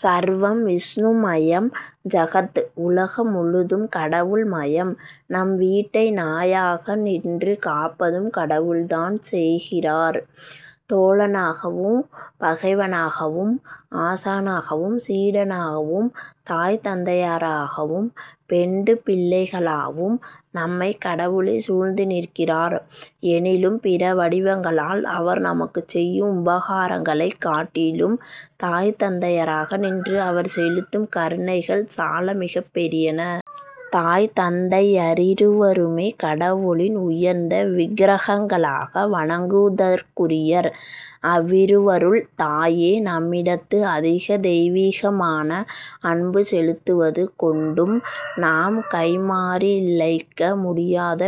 ''ஸர்வம்விஷ்ணுமயம் ஜகத்''-உலக முழுதும் கடவுள்மயம். நம் வீட்டை நாயாக நின்று காப்பதும் கடவுள் தான் செய்கிறார். தோழனாகவும பகைவனாகவும், ஆசானாகவும் சீடனாவும், தாய்தந்தையாராகவும், பெண்டு பிள்ளைகளாவும் நம்மைக் கடவுளே சூழ்ந்து நிற்கிறார். எனிலும் பிற வடிவங்களால் அவர் நமக்குச் செய்யும் உபகாரங்களைக் காட்டிலும் தாய் தந்தையராக நின்று அவர் செலுத்தும் கருணைகள் சால மிகப் பெரியன. தாய் தந்தையரிருவருமே கடவுளின் உயர்ந்த விக்ரகங்களாக வணங்குதற்குரியர். அவ்விருவருள் தாயே நம்மிடத்து அதிக தெய்வீகமான அன்பு செலுத்துவது கொண்டும், நாம் கைம்மாறிழைக்க முடியாத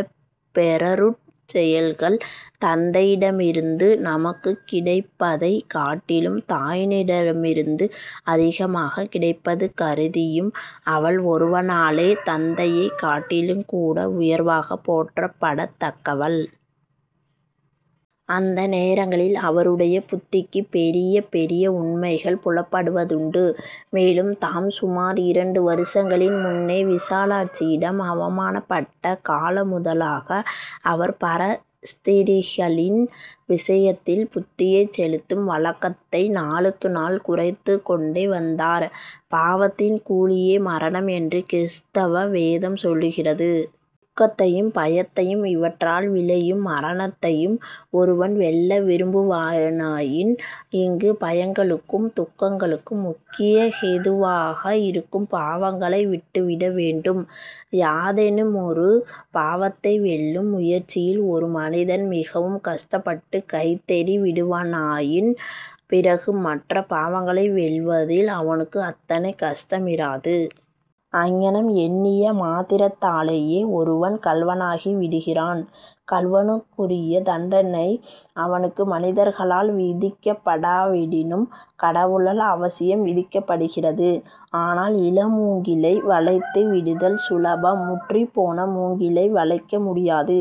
பேரருட் செயல்கள் தந்தையிடமிருந்து நமக்குக் கிடைப்பதைக் காட்டிலும் தாயினிடமிருந்து அதிகமாகக் கிடைப்பது கருதியும், அவள் ஒருவனாலே தந்தையைக் காட்டிலுங்கூட உயர்வாகப் போற்றப்படத் தக்கவள். அந்த நேரங்களில் அவருடைய புத்திக்குப் பெரிய பெரிய உண்மைகள் புலப்படுவதுண்டு. மேலும் தாம் சுமார் இரண்டு வருஷங்களின் முன்னே விசாலட்சியிடம் அவமானப்பட்ட கால முதலாக, அவர் பர ஸ்த்ரீஷ்ஷகளின் விஷயத்தில் புத்தியைச் செலுத்தும் வழக்கத்தை நாளுக்கு நாள் குறைத்துக் கொண்டே வந்தார். ''பாவத்தின் கூலியே மரணம்'' என்று கிறிஸ்தவ வேதம் சொல்லுகிறது. துக்கத்தையும் பயத்தையும் இவற்றால் விளையும் மரணத்தையும் ஒருவன் வெல்ல விரும்புவானாயின், இங்கு பயங்களுக்கும் துக்கங்களுக்கும் முக்கிய ஹேதுவாக இருக்கும் பாவங்களை விட்டு விட வேண்டும். யாதேனுமொரு பாவத்தை வெல்லும் முயற்சியில் ஒரு மனிதன் மிகவும் கஷ்டப்பட்டுக் கைதேறி விடுவானாயின், பிறகு மற்றப் பாவங்களை வெல்வதில் அவனுக்கு அத்தனை கஷ்டமிராது. அங்ஙனம் எண்ணிய மாத்திரத்தாலேயே ஒருவன் கள்வனாகி விடுகிறான். கள்வனுக்குரிய தண்டனை அவனுக்கு மனிதர்களால் விதிக்கப்படாவிடினும், கடவுளால் அவசியம் விதிக்கப்படுகிறது. ஆனால், இள மூங்கிலை வளைத்து விடுதல் சுலபம், முற்றிப் போன மூங்கிலை வளைக்க முடியாது.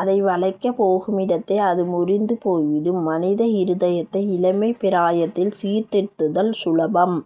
அதை வளைக்கப் போகுமிடத்தே அது முறிந்து போய்விடும். மனித இருதயத்தை இளமைப் பிராயத்தில் சீர்திருத்துதல் சுலபம்.